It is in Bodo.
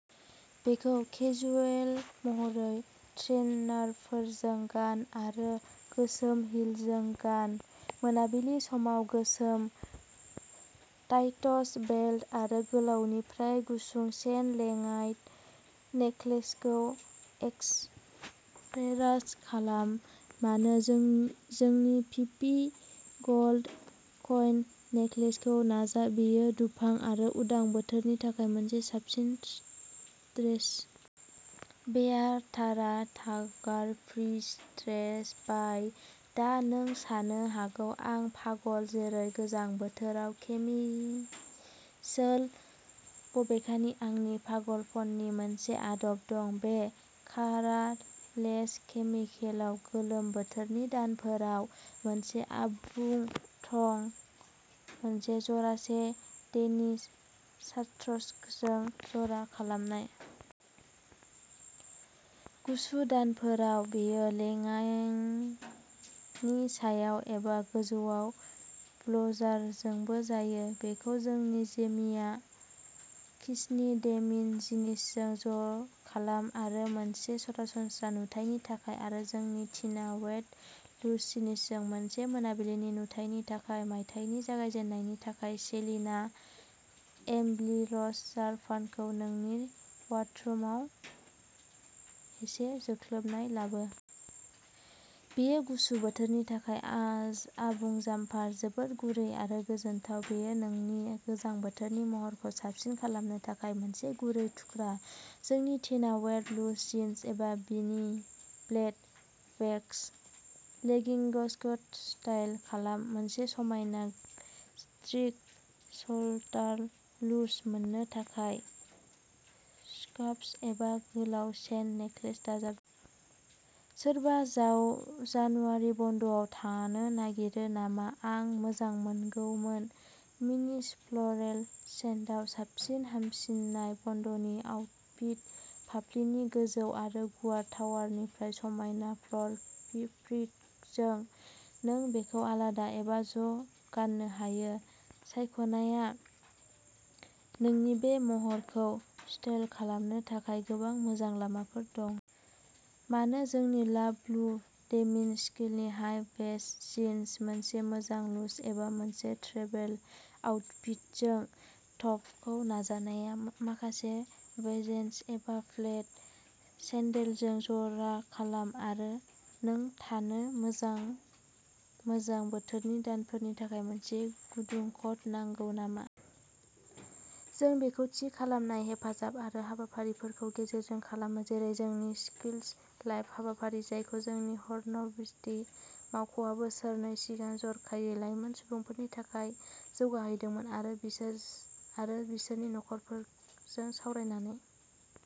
बेखौ केजुएल महरै ट्रेइनारफोरजों गान आरो गोसोम हिलजों गान। मोनाबिलि समाव। गोसोम टाइटस, बेल्ट आरो गोलावनिफ्राय गुसुं चेन लेयार्ड नेकलेसखौ एक्सेराइज खालाम-मानो जों जोंनि फिफि गल्ड कइन नेकलेसखौ नाजा। बेयो दुफां आरो उदां बोथोरनि थाखाय मोनसे साबसिन ड्रेस। बेयाव तारा टाइगार प्रिन्ट ड्रेस बाय। दा नों सानो हागौ आं पागल, जेरै गोजां बोथोराव केमिखसेल? बबेखानि, आंनि पागलपननि मोनसे आदब दं। बे कारा लेस केमिसोलआ गोलोम बोथोरनि दानफोराव मोनसे आबुं थं ', मोनसे जरासे डेनिम शार्ट्सजों ज'रा खालामनाय। गुसु दानफोराव बेयो लेङायिंनि सायाव, एबा गोजौआव ब्लजारजोंबो जायो। बेखौ जोंनि जेमिया स्किनि डेमिन जिन्सजों ज'खालाम आरो मोनसे सरासनस्रा नुथायनि थाखाय आरो जोंनि टिना वेट लुक जिन्सजों मोनसे मोनाबिलि नुथायनि थाखाय। मायथाइनि जागायजेन्नायनि थाखाय सेलिना एमब्लिरस जारपानखौ नोंनि बार्डरुमआव एसे जोख्लोबनाय लाबो। बेयो गुसु बोथोरनि थाखाय आ आबुं जाम्पार। जोबोद गुरै आरो गोजोनथाव। बेयो नोंनि गोजां बोथोरनि महरखौ साबसिन खालामनो थाखाय मोनसे गुरै थुख्रा। जोंनि टिना वेट लुक जिन्स एबा मिनि ब्लेक वेक्स लेगिंग्सजों स्टाइल खालाम; मोनसे समायना स्ट्रिट साइलताल लुस मोननो थाखाय स्कार्फ एबा गोलाव चेन नेकलेस दाजाब। सोरबा जाव जानुवारि बन्द'आव थांनो नागिरो नामा? आं मोजांमोनगौमोन! मिनिसि फ्लरेल सेटआव साबसिन हामसिननाय बन्द'नि आउटफिट। फाफ्लिनि गोजौ आरो गुवार ट्राउजारनिफ्राय समायना फ्लर प्रिन्टजों नों बेखौ आलादा एबा ज'गाननो हायो, सायख'नायआ नोंनि, बे महरखौ स्टाइल खालामनो थाखाय गोबां मोजां लामाफोर दं। मानो जोंनि love blue denim skinny high waist jeans, मोनसे मोजां लुक एबा मोनसे ट्रेभेल आउटफिटजों टपखौ नाजानाया। माखासे वेजेस एबा फ्लेट सेन्डलजों जरा खालाम आरो नों थांनो मोजां। गोजां बोथोरनि दानफोरनि थाखाय मोनसे गुदुं कट नांगौ नामा? जों बेखौ थि खालामनाय हेफाजाब आरो हाबाफारिफोरखौ गेजेरजों खालामो, जेरै जोंनि स्किल्स लाइफ हाबाफारि, जायखौ जों हर्न बिस्थि मावख'आ बोसोरनै सिगां जर'खायै लाइमोन सुबुंफोरनि थाखाय जौगाहोदोंमोन, आरो बिसोर आरो बिसोरनि नखरफोरजों सावरायनानै।